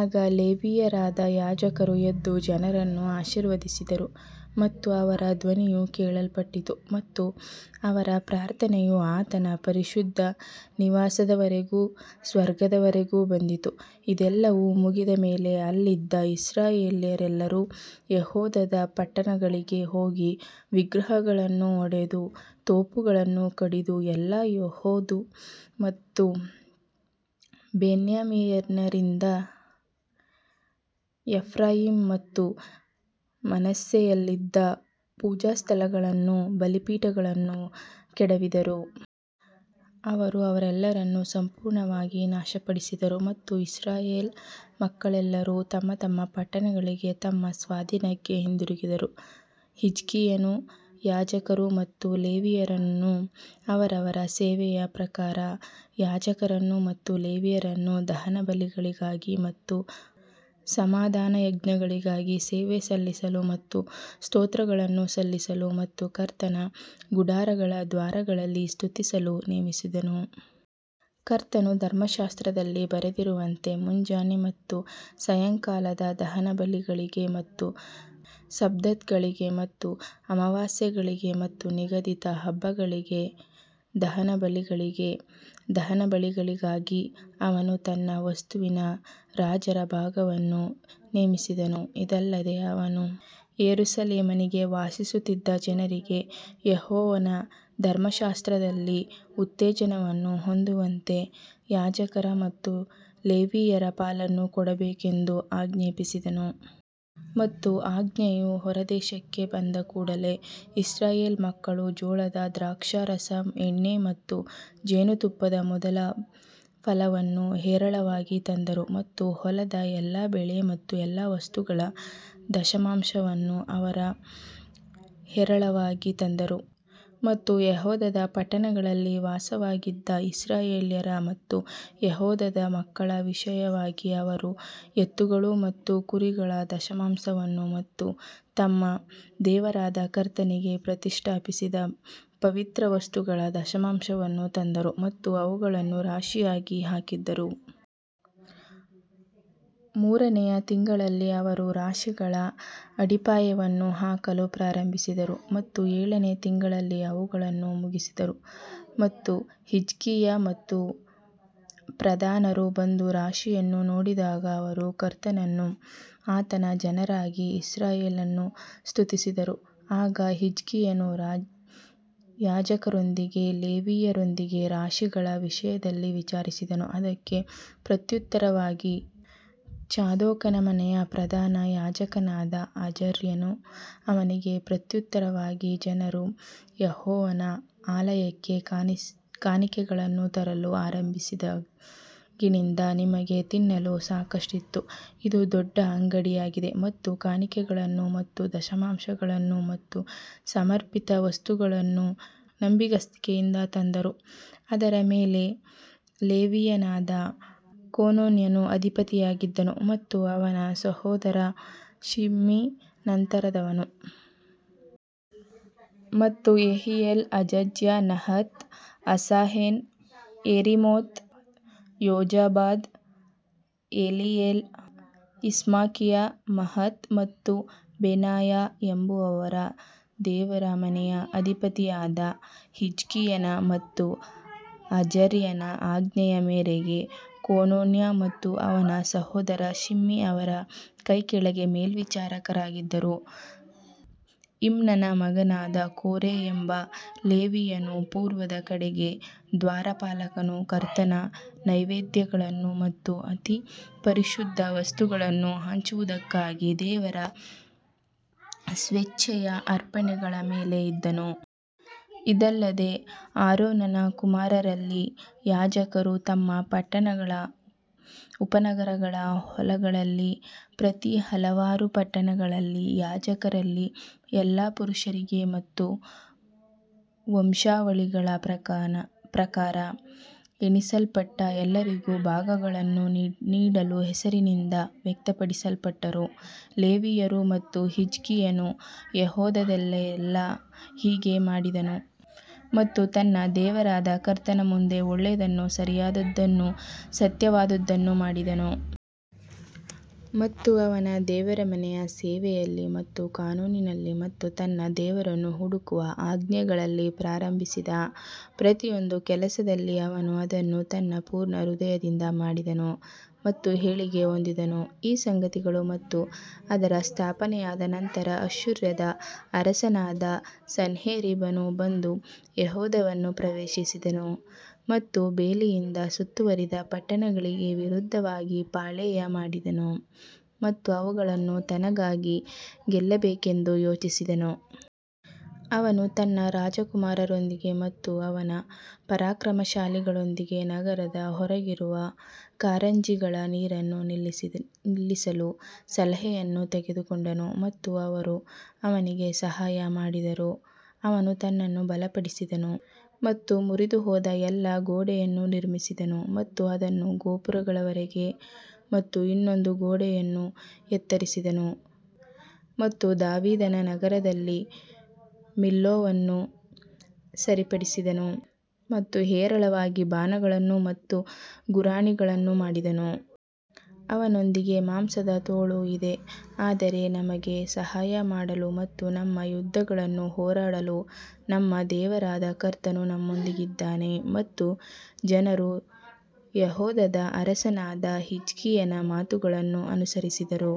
ಆಗ ಲೇವಿಯರಾದ ಯಾಜಕರು ಎದ್ದು ಜನರನ್ನು ಆಶೀರ್ವದಿಸಿದರು ಮತ್ತು ಅವರ ಧ್ವನಿಯು ಕೇಳಲ್ಪಟ್ಟಿತು ಮತ್ತು ಅವರ ಪ್ರಾರ್ಥನೆಯು ಆತನ ಪರಿಶುದ್ಧ ನಿವಾಸದವರೆಗೂ ಸ್ವರ್ಗದವರೆಗೂ ಬಂದಿತು. ಇದೆಲ್ಲವೂ ಮುಗಿದ ಮೇಲೆ ಅಲ್ಲಿದ್ದ ಇಸ್ರಾಯೇಲ್ಯರೆಲ್ಲರೂ ಯೆಹೂದದ ಪಟ್ಟಣಗಳಿಗೆ ಹೋಗಿ ವಿಗ್ರಹಗಳನ್ನು ಒಡೆದು ತೋಪುಗಳನ್ನು ಕಡಿದು ಎಲ್ಲಾ ಯೆಹೂದ ಮತ್ತು ಬೆನ್ಯಾಮಿನರಿಂದಲೂ ಎಫ್ರಾಯೀಮ್ ಮತ್ತು ಮನಸ್ಸೆಯಲ್ಲಿದ್ದ ಪೂಜಾಸ್ಥಳಗಳನ್ನೂ ಬಲಿಪೀಠಗಳನ್ನೂ ಕೆಡವಿದರು. ಅವರು ಅವರೆಲ್ಲರನ್ನೂ ಸಂಪೂರ್ಣವಾಗಿ ನಾಶಪಡಿಸಿದರು ಮತ್ತು ಇಸ್ರಾಯೇಲ್ ಮಕ್ಕಳೆಲ್ಲರೂ ತಮ್ಮ ತಮ್ಮ ಪಟ್ಟಣಗಳಿಗೆ ತಮ್ಮ ಸ್ವಾಧೀನಕ್ಕೆ ಹಿಂದಿರುಗಿದರು ಹಿಜ್ಕೀಯನು ಯಾಜಕರು ಮತ್ತು ಲೇವಿಯರನ್ನು ಅವರವರ ಸೇವೆಯ ಪ್ರಕಾರ ಯಾಜಕರನ್ನು ಮತ್ತು ಲೇವಿಯರನ್ನು ದಹನಬಲಿಗಳಿಗಾಗಿ ಮತ್ತು ಸಮಾಧಾನಯಜ್ಞಗಳಿಗಾಗಿ ಸೇವೆ ಸಲ್ಲಿಸಲು ಮತ್ತು ಸ್ತೋತ್ರಗಳನ್ನು ಸಲ್ಲಿಸಲು ಮತ್ತು ಕರ್ತನ ಗುಡಾರಗಳ ದ್ವಾರಗಳಲ್ಲಿ ಸ್ತುತಿಸಲು ನೇಮಿಸಿದನು. ಕರ್ತನ ಧರ್ಮಶಾಸ್ತ್ರದಲ್ಲಿ ಬರೆದಿರುವಂತೆ ಮುಂಜಾನೆ ಮತ್ತು ಸಾಯಂಕಾಲದ ದಹನಬಲಿಗಳಿಗೆ ಮತ್ತು ಸಬ್ಬತ್ಗಳಿಗೆ ಮತ್ತು ಅಮಾವಾಸ್ಯೆಗಳಿಗೆ ಮತ್ತು ನಿಗದಿತ ಹಬ್ಬಗಳಿಗೆ ದಹನಬಲಿಗಳಿಗೆ ದಹನಬಲಿಗಳಿಗಾಗಿ ಅವನು ತನ್ನ ವಸ್ತುವಿನ ರಾಜರ ಭಾಗವನ್ನು ನೇಮಿಸಿದನು. ಇದಲ್ಲದೆ ಅವನು ಯೆರೂಸಲೇಮಿನಲ್ಲಿ ವಾಸಿಸುತ್ತಿದ್ದ ಜನರಿಗೆ ಯೆಹೋವನ ಧರ್ಮಶಾಸ್ತ್ರದಲ್ಲಿ ಉತ್ತೇಜನವನ್ನು ಹೊಂದುವಂತೆ ಯಾಜಕರ ಮತ್ತು ಲೇವಿಯರ ಪಾಲನ್ನು ಕೊಡಬೇಕೆಂದು ಆಜ್ಞಾಪಿಸಿದನು. ಮತ್ತು ಆಜ್ಞೆಯು ಹೊರದೇಶಕ್ಕೆ ಬಂದ ಕೂಡಲೆ ಇಸ್ರಾಯೇಲ್ ಮಕ್ಕಳು ಜೋಳದ ದ್ರಾಕ್ಷಾರಸ, ಎಣ್ಣೆ ಮತ್ತು ಜೇನುತುಪ್ಪದ ಮೊದಲ ಫಲವನ್ನು ಹೇರಳವಾಗಿ ತಂದರು ಮತ್ತು ಹೊಲದ ಎಲ್ಲಾ ಬೆಳೆ ಮತ್ತು ಎಲ್ಲಾ ವಸ್ತುಗಳ ದಶಮಾಂಶವನ್ನು ಅವರು ಹೇರಳವಾಗಿ ತಂದರು. ಮತ್ತು ಯೆಹೂದದ ಪಟ್ಟಣಗಳಲ್ಲಿ ವಾಸವಾಗಿದ್ದ ಇಸ್ರಾಯೇಲ್ಯರ ಮತ್ತು ಯೆಹೂದದ ಮಕ್ಕಳ ವಿಷಯವಾಗಿ ಅವರು ಎತ್ತುಗಳು ಮತ್ತು ಕುರಿಗಳ ದಶಮಾಂಶವನ್ನು ಮತ್ತು ತಮ್ಮ ದೇವರಾದ ಕರ್ತನಿಗೆ ಪ್ರತಿಷ್ಠಾಪಿಸಿದ ಪವಿತ್ರ ವಸ್ತುಗಳ ದಶಮಾಂಶವನ್ನು ತಂದರು ಮತ್ತು ಅವುಗಳನ್ನು ರಾಶಿಯಾಗಿ ಹಾಕಿದರು. ಮೂರನೆಯ ತಿಂಗಳಲ್ಲಿ ಅವರು ರಾಶಿಗಳ ಅಡಿಪಾಯವನ್ನು ಹಾಕಲು ಪ್ರಾರಂಭಿಸಿದರು ಮತ್ತು ಏಳನೇ ತಿಂಗಳಲ್ಲಿ ಅವುಗಳನ್ನು ಮುಗಿಸಿದರು ಮತ್ತು ಹಿಜ್ಕೀಯ ಮತ್ತು ಪ್ರಧಾನರು ಬಂದು ರಾಶಿಗಳನ್ನು ನೋಡಿದಾಗ ಅವರು ಕರ್ತನನ್ನೂ ಆತನ ಜನರಾದ ಇಸ್ರಾಯೇಲನ್ನೂ ಸ್ತುತಿಸಿದರು. ಆಗ ಹಿಜ್ಕೀಯನು ಯಾಜಕರೊಂದಿಗೂ ಲೇವಿಯರೊಂದಿಗೂ ರಾಶಿಗಳ ವಿಷಯದಲ್ಲಿ ವಿಚಾರಿಸಿದನು ಅದಕ್ಕೆ ಪ್ರತ್ಯುತ್ತರವಾಗಿ ಚಾದೋಕನ ಮನೆಯ ಪ್ರಧಾನ ಯಾಜಕನಾದ ಅಜರ್ಯನು ಅವನಿಗೆ ಪ್ರತ್ಯುತ್ತರವಾಗಿ--ಜನರು ಯೆಹೋವನ ಆಲಯಕ್ಕೆ ಕಾಣಿಕೆಗಳನ್ನು ತರಲು ಆರಂಭಿಸಿದಾಗಿನಿಂದ ನಮಗೆ ತಿನ್ನಲು ಸಾಕಷ್ಟಿತ್ತು ಇದು ದೊಡ್ಡ ಅಂಗಡಿಯಾಗಿದೆ ಮತ್ತು ಕಾಣಿಕೆಗಳನ್ನು ಮತ್ತು ದಶಮಾಂಶಗಳನ್ನು ಮತ್ತು ಸಮರ್ಪಿತ ವಸ್ತುಗಳನ್ನು ನಂಬಿಗಸ್ತಿಕೆಯಿಂದ ತಂದರು, ಅದರ ಮೇಲೆ ಲೇವಿಯನಾದ ಕೊನೋನ್ಯನು ಅಧಿಪತಿಯಾಗಿದ್ದನು ಮತ್ತು ಅವನ ಸಹೋದರ ಶಿಮ್ಮಿ ನಂತರದವನು. ಮತ್ತು Jehiel, Azaziah, Nahath, Asahel, Jerimoth, Jozabad, Eliel, Ismachiah, Mahath ಮತ್ತು ಬೆನಾಯ ಎಂಬವರು ದೇವರ ಮನೆಯ ಅಧಿಪತಿಯಾದ ಹಿಜ್ಕೀಯನ ಮತ್ತು ಅಜರ್ಯನ ಆಜ್ಞೆಯ ಮೇರೆಗೆ ಕೊನೊನ್ಯ ಮತ್ತು ಅವನ ಸಹೋದರ ಶಿಮ್ಮಿ ಅವರ ಕೈಕೆಳಗೆ ಮೇಲ್ವಿಚಾರಕರಾಗಿದ್ದರು. ಇಮ್ನನ ಮಗನಾದ ಕೋರೆ ಎಂಬ ಲೇವಿಯನು ಪೂರ್ವದ ಕಡೆಗೆ ದ್ವಾರಪಾಲಕನು ಕರ್ತನ ನೈವೇದ್ಯಗಳನ್ನು ಮತ್ತು ಅತಿ ಪರಿಶುದ್ಧ ವಸ್ತುಗಳನ್ನು ಹಂಚುವದಕ್ಕಾಗಿ ದೇವರ ಸ್ವೇಚ್ಛೆಯ ಅರ್ಪಣೆಗಳ ಮೇಲೆ ಇದ್ದನು. ಇದಲ್ಲದೆ ಆರೋನನ ಕುಮಾರರಲ್ಲಿ ಯಾಜಕರು ತಮ್ಮ ಪಟ್ಟಣಗಳ ಉಪನಗರಗಳ ಹೊಲಗಳಲ್ಲಿ ಪ್ರತಿ ಹಲವಾರು ಪಟ್ಟಣಗಳಲ್ಲಿ ಯಾಜಕರಲ್ಲಿ ಎಲ್ಲಾ ಪುರುಷರಿಗೆ ಮತ್ತು ವಂಶಾವಳಿಗಳ ಪ್ರಕಾರ ಎಣಿಸಲ್ಪಟ್ಟ ಎಲ್ಲರಿಗೂ ಭಾಗಗಳನ್ನು ನೀಡಲು ಹೆಸರಿನಿಂದ ವ್ಯಕ್ತಪಡಿಸಲ್ಪಟ್ಟರು. ಲೇವಿಯರು ಮತ್ತು ಹಿಜ್ಕೀಯನು ಯೆಹೂದದಲ್ಲೆಲ್ಲಾ ಹೀಗೆ ಮಾಡಿದನು ಮತ್ತು ತನ್ನ ದೇವರಾದ ಕರ್ತನ ಮುಂದೆ ಒಳ್ಳೇದನ್ನೂ ಸರಿಯಾದದ್ದನ್ನೂ ಸತ್ಯವಾದದ್ದನ್ನೂ ಮಾಡಿದನು. ಮತ್ತು ಅವನು ದೇವರ ಮನೆಯ ಸೇವೆಯಲ್ಲಿ ಮತ್ತು ಕಾನೂನಿನಲ್ಲಿ ಮತ್ತು ತನ್ನ ದೇವರನ್ನು ಹುಡುಕುವ ಆಜ್ಞೆಗಳಲ್ಲಿ ಪ್ರಾರಂಭಿಸಿದ ಪ್ರತಿಯೊಂದು ಕೆಲಸದಲ್ಲಿ ಅವನು ಅದನ್ನು ತನ್ನ ಪೂರ್ಣ ಹೃದಯದಿಂದ ಮಾಡಿದನು ಮತ್ತು ಏಳಿಗೆ ಹೊಂದಿದ್ದನು. ಈ ಸಂಗತಿಗಳು ಮತ್ತು ಅದರ ಸ್ಥಾಪನೆಯಾದ ನಂತರ ಅಶ್ಶೂರದ ಅರಸನಾದ ಸನ್ಹೇರೀಬನು ಬಂದು ಯೆಹೂದವನ್ನು ಪ್ರವೇಶಿಸಿದನು ಮತ್ತು ಬೇಲಿಯಿಂದ ಸುತ್ತುವರಿದ ಪಟ್ಟಣಗಳಿಗೆ ವಿರುದ್ಧವಾಗಿ ಪಾಳೆಯಮಾಡಿದನು ಮತ್ತು ಅವುಗಳನ್ನು ತನಗಾಗಿ ಗೆಲ್ಲಬೇಕೆಂದು ಯೋಚಿಸಿದನು. ಅವನು ತನ್ನ ರಾಜಕುಮಾರರೊಂದಿಗೆ ಮತ್ತು ಅವನ ಪರಾಕ್ರಮಶಾಲಿಗಳೊಂದಿಗೆ ನಗರದ ಹೊರಗಿರುವ ಕಾರಂಜಿಗಳ ನೀರನ್ನು ನಿಲ್ಲಿಸಲು ಸಲಹೆಯನ್ನು ತೆಗೆದುಕೊಂಡನು ಮತ್ತು ಅವರು ಅವನಿಗೆ ಸಹಾಯ ಮಾಡಿದರು. ಅವನು ತನ್ನನ್ನು ಬಲಪಡಿಸಿದನು ಮತ್ತು ಮುರಿದುಹೋದ ಎಲ್ಲಾ ಗೋಡೆಯನ್ನು ನಿರ್ಮಿಸಿದನು ಮತ್ತು ಅದನ್ನು ಗೋಪುರಗಳವರೆಗೆ ಮತ್ತು ಇನ್ನೊಂದು ಗೋಡೆಯನ್ನು ಎತ್ತರಿಸಿದನು ಮತ್ತು ದಾವೀದನ ನಗರದಲ್ಲಿ ಮಿಲ್ಲೋವನ್ನು ಸರಿಪಡಿಸಿದನು ಮತ್ತು ಹೇರಳವಾಗಿ ಬಾಣಗಳನ್ನು ಮತ್ತು ಗುರಾಣಿಗಳನ್ನು ಮಾಡಿದನು. ಅವನೊಂದಿಗೆ ಮಾಂಸದ ತೋಳು ಇದೆ ಆದರೆ ನಮಗೆ ಸಹಾಯ ಮಾಡಲು ಮತ್ತು ನಮ್ಮ ಯುದ್ಧಗಳನ್ನು ಹೋರಾಡಲು ನಮ್ಮ ದೇವರಾದ ಕರ್ತನು ನಮ್ಮೊಂದಿಗಿದ್ದಾನೆ ಮತ್ತು ಜನರು ಯೆಹೂದದ ಅರಸನಾದ ಹಿಜ್ಕೀಯನ ಮಾತುಗಳನ್ನು ಅನುಸರಿಸಿದರು.